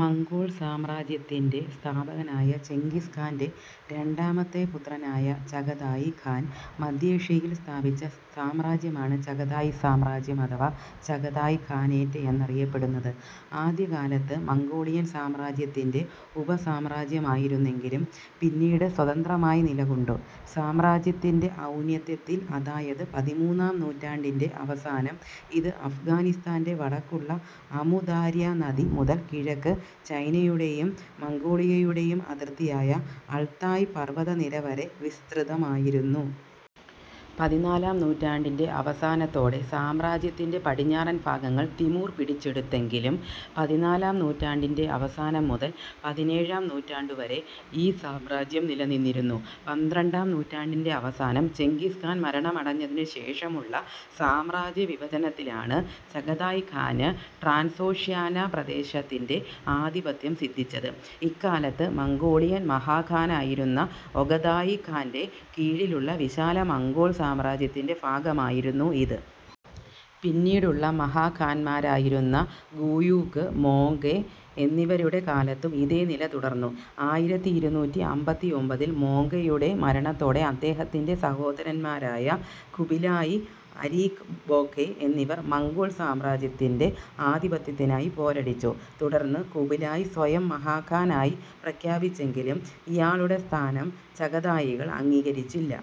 Mongol സാമ്രാജ്യത്തിൻ്റെ സ്ഥാപകനായ Genghis ഖാൻ്റെ രണ്ടാമത്തെ പുത്രനായ ചഗതായ് ഖാൻ മധ്യേഷ്യയിൽ സ്ഥാപിച്ച സാമ്രാജ്യമാണ് ചഗതായ് സാമ്രാജ്യം അഥവാ ചഗതായ് ഖാനേറ്റ് എന്നറിയപ്പെടുന്നത്. ആദ്യകാലത്ത് മംഗോളിയൻ സാമ്രാജ്യത്തിൻ്റെ ഉപസാമ്രാജ്യമായിരുന്നെങ്കിലും പിന്നീട് സ്വതന്ത്രമായി നിലകൊണ്ടു. സാമ്രാജ്യത്തിൻ്റെ ഔന്നത്യത്തിൽ അതായത് പതിമൂന്നാം നൂറ്റാണ്ടിൻ്റെ അവസാനം ഇത് അഫ്ഗാനിസ്താൻ്റെ വടക്കുള്ള അമു ദാര്യ നദി മുതൽ കിഴക്ക് ചൈനയുടെയും മംഗോളിയയുടെയും അതിർത്തിയായ അൾതായ് പർവതനിര വരെ വിസ്തൃതമായിരുന്നു. പതിനാലാം നൂറ്റാണ്ടിൻ്റെ അവസാനത്തോടെ സാമ്രാജ്യത്തിൻ്റെ പടിഞ്ഞാറൻ ഭാഗങ്ങൾ തിമൂർ പിടിച്ചെടുത്തെങ്കിലും പതിനാലാം നൂറ്റാണ്ടിൻ്റെ അവസാനം മുതൽ പതിനേഴാം നൂറ്റാണ്ടുവരെ ഈ സാമ്രാജ്യം നിലനിന്നിരുന്നു. പന്ത്രണ്ടാം നൂറ്റാണ്ടിൻ്റെ അവസാനം ചെങ്കിസ് ഖാൻ മരണമടഞ്ഞതിനുശേഷമുള്ള സാമ്രാജ്യവിഭജനത്തിലാണ് ചഗതായ് ഖാന് ട്രാൻസോക്ഷ്യാന പ്രദേശത്തിൻ്റെ ആധിപത്യം സിദ്ധിച്ചത്. ഇക്കാലത്ത് മംഗോളിയൻ മഹാഖാനായിരുന്ന ഒഗതായ് ഖാൻ്റെ കീഴിലുള്ള വിശാല മംഗോൾ സാമ്രാജ്യത്തിൻ്റെ ഭാഗമായിരുന്നു ഇത്. പിന്നീടുള്ള മഹാഖാന്മാരായിരുന്ന ഗൂയൂക്ക്, മോങ്കെ എന്നിവരുടെ കാലത്തും ഇതേ നില തുടർന്നു. ആയിരത്തി ഇരുന്നൂറ്റി അമ്പത്തിയൊമ്പതിൽ മോങ്കെയുടെ മരണത്തോടെ അദ്ദേഹത്തിൻ്റെ സഹോദരന്മാരായ ഖുബിലായ്, അരീഖ് ബോഖെ എന്നിവർ മംഗോൾ സാമ്രാജ്യത്തിൻ്റെ ആധിപത്യത്തിനായി പോരടിച്ചു. തുടർന്ന് ഖുബിലായ് സ്വയം മഹാഖാൻ ആയി പ്രഖ്യാപിച്ചെങ്കിലും ഇയാളുടെ സ്ഥാനം ചഗതായികൾ അംഗീകരിച്ചില്ല.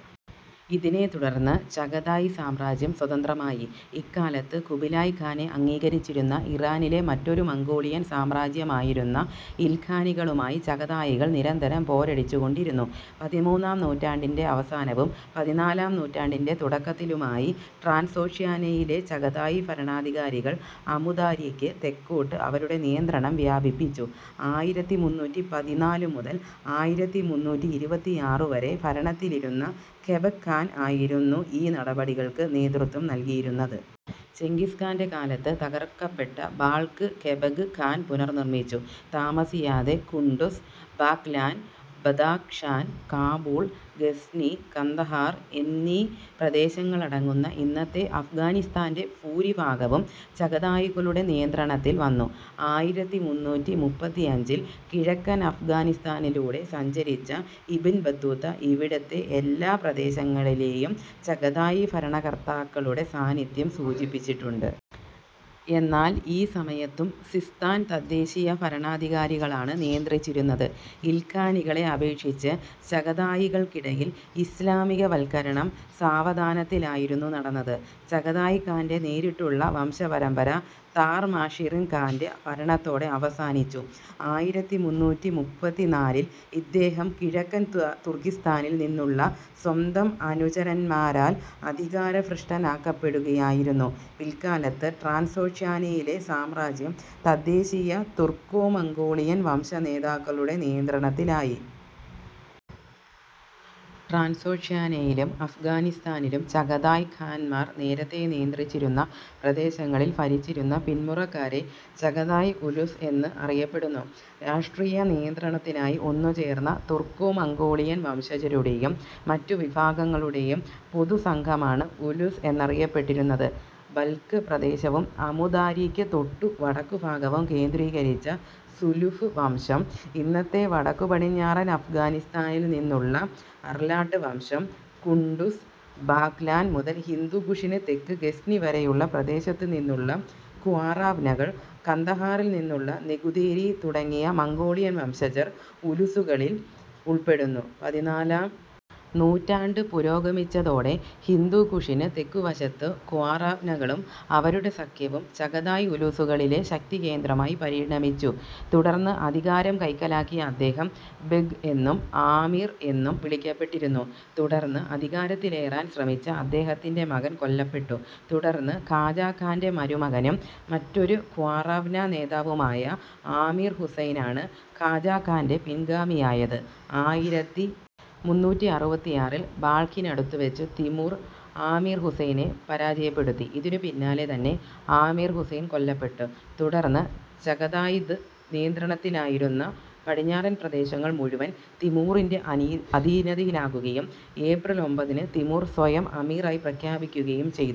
ഇതിനെത്തുടർന്ന് ചഗതായ് സാമ്രാജ്യം സ്വതന്ത്രമായി. ഇക്കാലത്ത് ഖുബിലായ് ഖാനെ അംഗീകരിച്ചിരുന്ന ഇറാനിലെ മറ്റൊരു മംഗോളിയൻ സാമ്രാജ്യമായിരുന്ന ഇൽഖാനികളുമായി ചഗതായികൾ നിരന്തരം പോരടിച്ചുകൊണ്ടിരുന്നു. പതിമൂന്നാം നൂറ്റാണ്ടിൻ്റെ അവസാനവും പതിനാലാം നൂറ്റാണ്ടിൻ്റെ തുടക്കത്തിലുമായി ട്രാൻസോക്ഷ്യാനയിലെ ചഗതായ് ഭരണാധികാരികൾ അമു ദാര്യക്ക് തെക്കോട്ട് അവരുടെ നിയന്ത്രണം വ്യാപിപ്പിച്ചു. ആയിരത്തി മൂന്നൂറ്റി പതിനാലു മുതൽ ആയിരത്തി മൂന്നൂറ്റി ഇരുപത്തിയാറ് വരെ ഭരണത്തിലിരുന്ന കെബെഗ് ഖാൻ ആയിരുന്നു ഈ നടപടികൾക്ക് നേതൃത്വം നൽകിയിരുന്നത്. ചെങ്കിസ് ഖാൻ്റെ കാലത്ത് തകർക്കപ്പെട്ട ബാൾഖ് കെബെഗ് ഖാൻ പുനർനിർമ്മിച്ചു. താമസിയാതെ ഖുണ്ടുസ്, ബാഘ്ലാൻ, ബദാഖ്ശാൻ, കാബൂൾ, ഗസ്നി, കന്ദഹാർ എന്നീ പ്രദേശങ്ങളടങ്ങുന്ന ഇന്നത്തെ അഫ്ഗാനിസ്താൻ്റെ ഭൂരിഭാഗവും ചഗതായികളുടെ നിയന്ത്രണത്തിൽ വന്നു. ആയിരത്തി മുന്നൂറ്റി മുപ്പത്തിയഞ്ചിൽ കിഴക്കൻ അഫ്ഗാനിസ്താനിലൂടെ സഞ്ചരിച്ച ഇബ്ൻ ബത്തൂത്ത ഇവിടത്തെ എല്ലാ പ്രദേശങ്ങളിലെയും ചഗതായ് ഭരണകർത്താക്കളുടെ സാന്നിധ്യം സൂചിപ്പിച്ചിട്ടുണ്ട്. എന്നാൽ ഈ സമയത്തും സിസ്താൻ തദ്ദേശീയ ഭരണാധികാരികളാണ് നിയന്ത്രിച്ചിരുന്നത്. ഇൽഖാനികളെ അപേക്ഷിച്ച് ചഗതായികൾക്കിടയിൽ ഇസ്ലാമികവൽക്കരണം സാവധാനത്തിലായിരുന്നു നടന്നത്. ചഗതായ് ഖാൻ്റെ നേരിട്ടുള്ള വംശപരമ്പര താർമാഷിറിൻ ഖാൻ്റെ ഭരണത്തോടെ അവസാനിച്ചു. ആയിരത്തി മുന്നൂറ്റി മുപ്പത്തിനാലിൽ ഇദ്ദേഹം കിഴക്കൻ തുർക്കിസ്താനിൽ നിന്നുള്ള സ്വന്തം അനുചരന്മാരാൽ അധികാരഭ്രഷ്ടനാക്കപ്പെടുകയായിരുന്നു. പിൽക്കാലത്ത് ട്രാൻസോക്ഷ്യാനയിലെ സാമ്രാജ്യം തദ്ദേശീയ തുർക്കോമംഗോളിയൻ വംശനേതാക്കളുടെ നിയന്ത്രണത്തിലായി. ട്രാൻസോക്ഷ്യാനയിലും അഫ്ഗാനിസ്താനിലും ചഗതായ് ഖാന്മാർ നേരത്തേ നിയന്ത്രിച്ചിരുന്ന പ്രദേശങ്ങളിൽ ഭരിച്ചിരുന്ന പിന്മുറക്കാരെ ചഗതായ് ഉലുസ് എന്ന് അറിയപ്പെടുന്നു. രാഷ്ട്രീയ നിയന്ത്രണത്തിനായി ഒന്നുചേർന്ന തുർക്കോമംഗോളിയൻ വംശജരുടെയും മറ്റുവിഭാഗങ്ങളുടെയും പൊതുസംഘമാണ് ഉലുസ് എന്നറിയപ്പെട്ടിരുന്നത്. ബൽഖ് പ്രദേശവും അമു ദാര്യക്ക് തൊട്ടു വടക്കുഭാഗവും കേന്ദ്രീകരിച്ച സുലുഭു വംശം, ഇന്നത്തെ വടക്കുപടിഞ്ഞാറൻ അഫ്ഗാനിസ്താനിൽ നിന്നുള്ള അർലാട്ട് വംശം, ഖുണ്ടുസ്, ബാഘ്ലാൻ മുതൽ ഹിന്ദുകുഷിന് തെക്ക് ഗസ്നി വരെയുള്ള പ്രദേശത്തുനിന്നുള്ള ഖ്വാറാവ്നകൾ, കന്ദഹാറിൽ നിന്നുള്ള നെഗുദേരി തുടങ്ങിയ മംഗോളിയൻ വംശജർ ഉലുസുകളിൽ ഉൾപ്പെടുന്നു. പതിനാലാം നൂറ്റാണ്ട് പുരോഗമിച്ചതോടെ ഹിന്ദുകുഷിന് തെക്കുവശത്ത് ഖ്വാറാവ്നകളും അവരുടെ സഖ്യവും ചഗതായ് ഉലുസുകളിലെ ശക്തികേന്ദ്രമായി പരിണമിച്ചു. തുടർന്ന് അധികാരം കൈക്കലാക്കിയ അദ്ദേഹം ബെഗ് എന്നും ആമിർ എന്നും വിളിക്കപ്പെട്ടിരുന്നു. തുടർന്ന് അധികാരത്തിലേറാൻ ശ്രമിച്ച അദ്ദേഹത്തിൻ്റെ മകൻ കൊല്ലപ്പെട്ടു. തുടർന്ന് ഖാജാഘാൻ്റെ മരുമകനും മറ്റൊരു ഖ്വാറാവ്ന നേതാവുമായ ആമിർ ഹുസൈനാണ് ഖാജാഘാൻ്റെ പിൻഗാമിയായത്. ആയിരത്തി മുന്നൂറ്റി അറുപത്തിയാറിൽ ബാൾഖിനടുത്തുവച്ച് തിമൂർ ആമിർ ഹുസൈനെ പരാജയപ്പെടുത്തി. ഇതിനു പിന്നാലെ തന്നെ ആമിർ ഹുസൈൻ കൊല്ലപ്പെട്ടു. തുടർന്ന് ചഗതായിദ് നിയന്ത്രണത്തിലായിരുന്ന പടിഞ്ഞാറൻ പ്രദേശങ്ങൾ മുഴുവൻ തിമൂറിൻ്റെ അധീനതയിലാകുകയും ഏപ്രിൽ ഒമ്പതിന് തിമൂർ സ്വയം അമീറായി പ്രഖ്യാപിക്കുകയും ചെയ്തു.